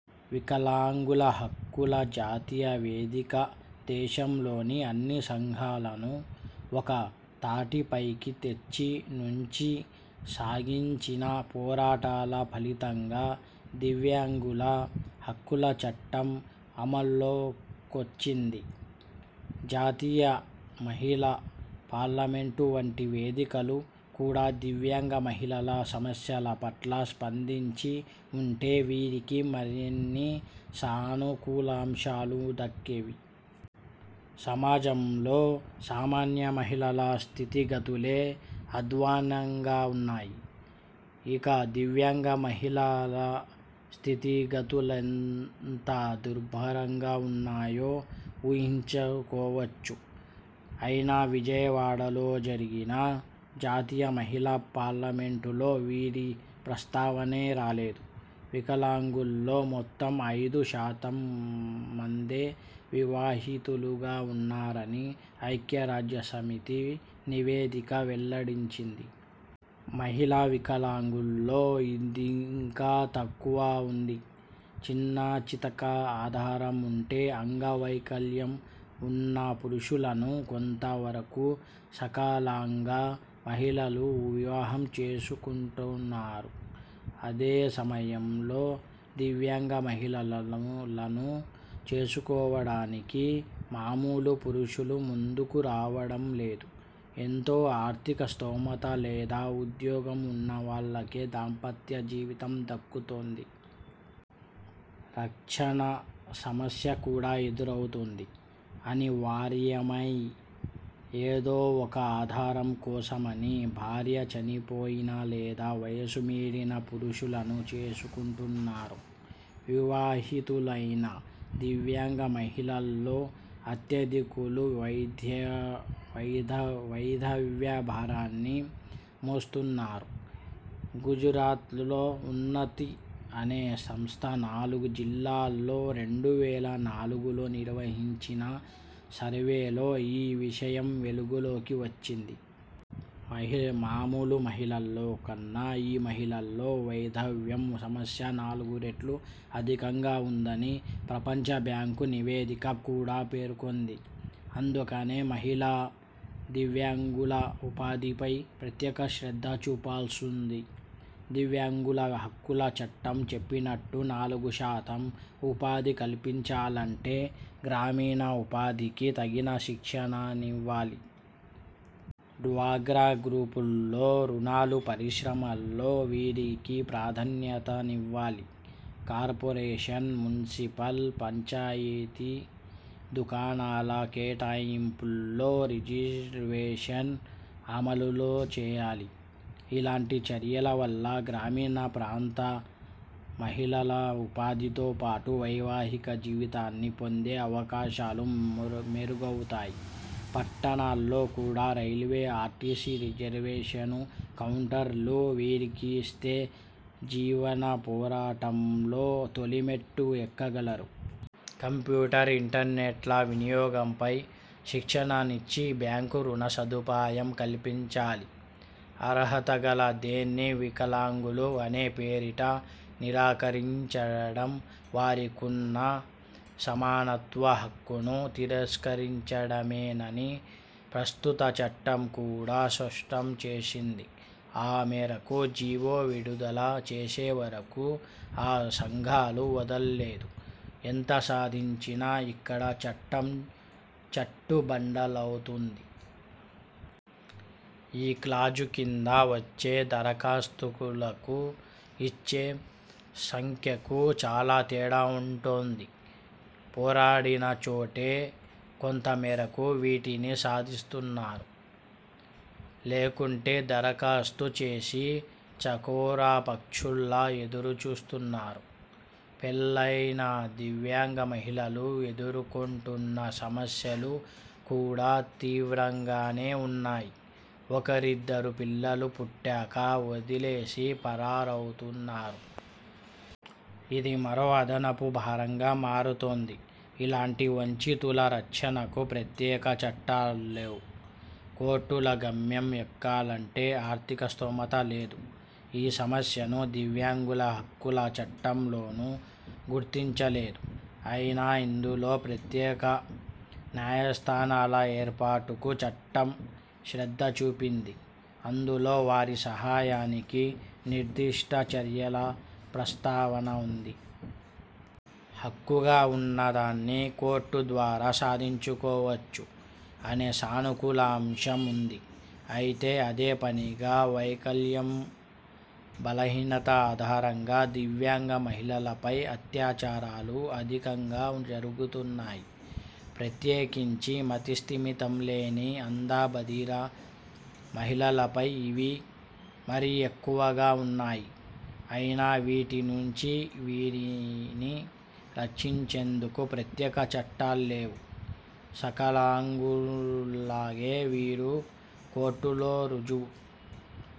వికలాంగుల హక్కుల జాతీయవేదిక దేశంలోని అన్ని సంఘాలను ఒక్క తాటిపైకి తెచ్చి నుంచి సాగించిన పోరాటాల ఫలితంగా దివ్యాంగుల హక్కుల చట్టం అమల్లోకొచ్చింది. జాతీయ మహిళా పార్లమెంటు వంటి వేదికలు కూడా దివ్యాంగ మహిళల సమస్యల పట్ల స్పందించి ఉంటే వీరికి మరిన్ని సానుకూలాంశాలు దక్కేవి. సమాజంలో సామాన్య మహిళల స్థితిగతులే అధ్వానంగా ఉన్నాయి. ఇక దివ్యాంగ మహిళల స్థితిగతులెంత దుర్భరంగా ఉన్నాయో ఊహించుకోవచ్చు. అయినా విజయవాడలో జరిగిన జాతీయ మహిళా పార్లమెంటులో వీరి ప్రస్తావనే రాలేదు. వికలాంగుల్లో మొత్తం ఐదు శాతం మందే వివాహితులుగా ఉన్నారని ఐక్యరాజ్య సమితి నివేదిక వెల్లడించింది. మహిళా వికలాంగుల్లో ఇదింకా తక్కువగా ఉంది. చిన్నాచితక ఆధారం ఉంటే అంగవైకల్యం ఉన్న పురుషులను కొంత వరకూ సకలాంగ మహిళలు వివాహం చేసుకుంటున్నారు. అదే సమయంలో దివ్యాంగ మహిళలను చేసుకోవడానికి మామూలు పురుషులు ముందుకు రావడం లేదు. ఎంతో ఆర్థిక స్థోమత లేదా ఉద్యోగం ఉన్న వాళ్ళకే దాంపత్య జీవితం దక్కుతోంది. రక్షణ సమస్య కూడా ఎదురౌతోంది. అనివార్యమై ఏదో ఒక ఆధారం కోసమని భార్య చనిపోయిన లేదా వయసు మీరిన పురుషులను చేసుకుంటున్నారు. వివాహితులైన దివ్యాంగ మహిళల్లో అత్యధికులు వైధవ్య భారాన్ని మోస్తున్నారు. గుజరాత్లో 'ఉన్నతి' అనే సంస్థ నాలుగు జిల్లాల్లో రెండు వేల నాలుగులో నిర్వహించిన సర్వేలో ఈ విషయం వెలుగులోకి వచ్చింది. మామూలు మహిళల్లో కన్నా ఈ మహిళల్లో వైధవ్యం సమస్య నాలుగురెట్లు అధికంగా ఉందని ప్రపంచ బ్యాంకు నివేదిక కూడా పేర్కొంది. అందుకనే మహిళా దివ్యాంగుల ఉపాధిపై ప్రత్యేక శ్రద్ధ చూపాల్సుంది. దివ్యాంగుల హక్కుల చట్టం చెప్పినట్టు నాలుగు శాతం ఉపాధి కల్పించాలంటే గ్రామీణ ఉపాధికి తగిన శిక్షణనివ్వాలి. డ్వాక్రా గ్రూపుల్లో రుణాలు, పరిశ్రమల్లో వీరికి ప్రాధాన్యతనివ్వాలి. కార్పొరేషన్, మున్సిపల్, పంచాయతీ దుకాణాల కేటాయింపుల్లో రిజర్వేషన్ అమలుచేయాలి. ఇలాంటి చర్యల వల్ల గ్రామీణ ప్రాంత మహిళల ఉపాధితో పాటు వైవాహిక జీవితాన్ని పొందే అవకాశాలు మెరుగౌతాయి. పట్టణాల్లో కూడా రైల్వే, ఆర్టీసీ రిజర్వేషను కౌంటర్లు వీరికిస్తే జీవన పోరాటంలో తొలి మెట్టు ఎక్కగలరు. కంప్యూటర్, ఇంటర్నెట్ల వినియోగంపై శిక్షణనిచ్చి, బ్యాంకు రుణసదుపాయం కల్పించాలి. అర్హతగల దేన్నీ వికలాంగులు అనే పేరిట నిరాకరించడం వారికున్న సమానత్వ హక్కును తిరస్కరించడమేనని ప్రస్తుత చట్టం కూడా స్పష్టం చేసింది. ఆ మేరకు జీవో విడుదల చేసేవరకూ ఆ సంఘాలు వదల్లేదు. ఎంత సాధించినా ఇక్కడా చట్టం చట్టుబండలౌతోంది. ఈ క్లాజు కింద వచ్చే దరఖాస్తులకూ, ఇచ్చే సంఖ్యకూ చాలా తేడా ఉంటోంది. పోరాడిన చోటే కొంత మేరకు వీటిని సాధిస్తున్నారు. లేకుంటే దరఖాస్తు చేసి చకోర పక్షుల్లా ఎదురుచూస్తున్నారు. పెళ్ళయిన దివ్యాంగ మహిళలు ఎదుర్కొంటున్న సమస్యలు కూడా తీవ్రంగానే ఉన్నాయి. ఒకరిద్దరు పిల్లలు పుట్టాక ఒదిలేసి పరారవుతున్నారు. ఇది మరో అదనపు భారంగా మారుతోంది. ఇలాంటి వంచితుల రక్షణకు ప్రత్యేక చట్టాల్లేవు. కోర్టుల గుమ్మం ఎక్కాలంటే ఆర్థిక స్థోమత లేదు. ఈ సమస్యను దివ్యాంగుల హక్కుల చట్టంలోనూ గుర్తించలేదు. అయినా ఇందులో ప్రత్యేక న్యాయస్థానాల ఏర్పాటుకు చట్టం శ్రద్ధ చూపింది. అందులో వారి సహాయానికి నిర్దిష్ట చర్యల ప్రస్తావన ఉంది. హక్కుగా ఉన్నదాన్ని కోర్టు ద్వారా సాధించుకోవచ్చు అనే సానుకూల అంశం ఉంది. అయితే అదే పనిగా వైకల్యం బలహీనత అధారంగా దివ్యాంగ మహిళలపై అత్యాచారాలు అధికంగా జరుగుతున్నాయి. ప్రత్యేకించి మతిస్థిమితం లేని, అంధ, బధిర మహిళలపై ఇవి మరీ ఎక్కువగా ఉన్నాయి. అయినా వీటి నుంచి వీరిని రక్షించేందుకు ప్రత్యేక చట్టాల్లేవు. సకలాంగుల్లాగే వీరూ కోర్టుల్లో రుజువు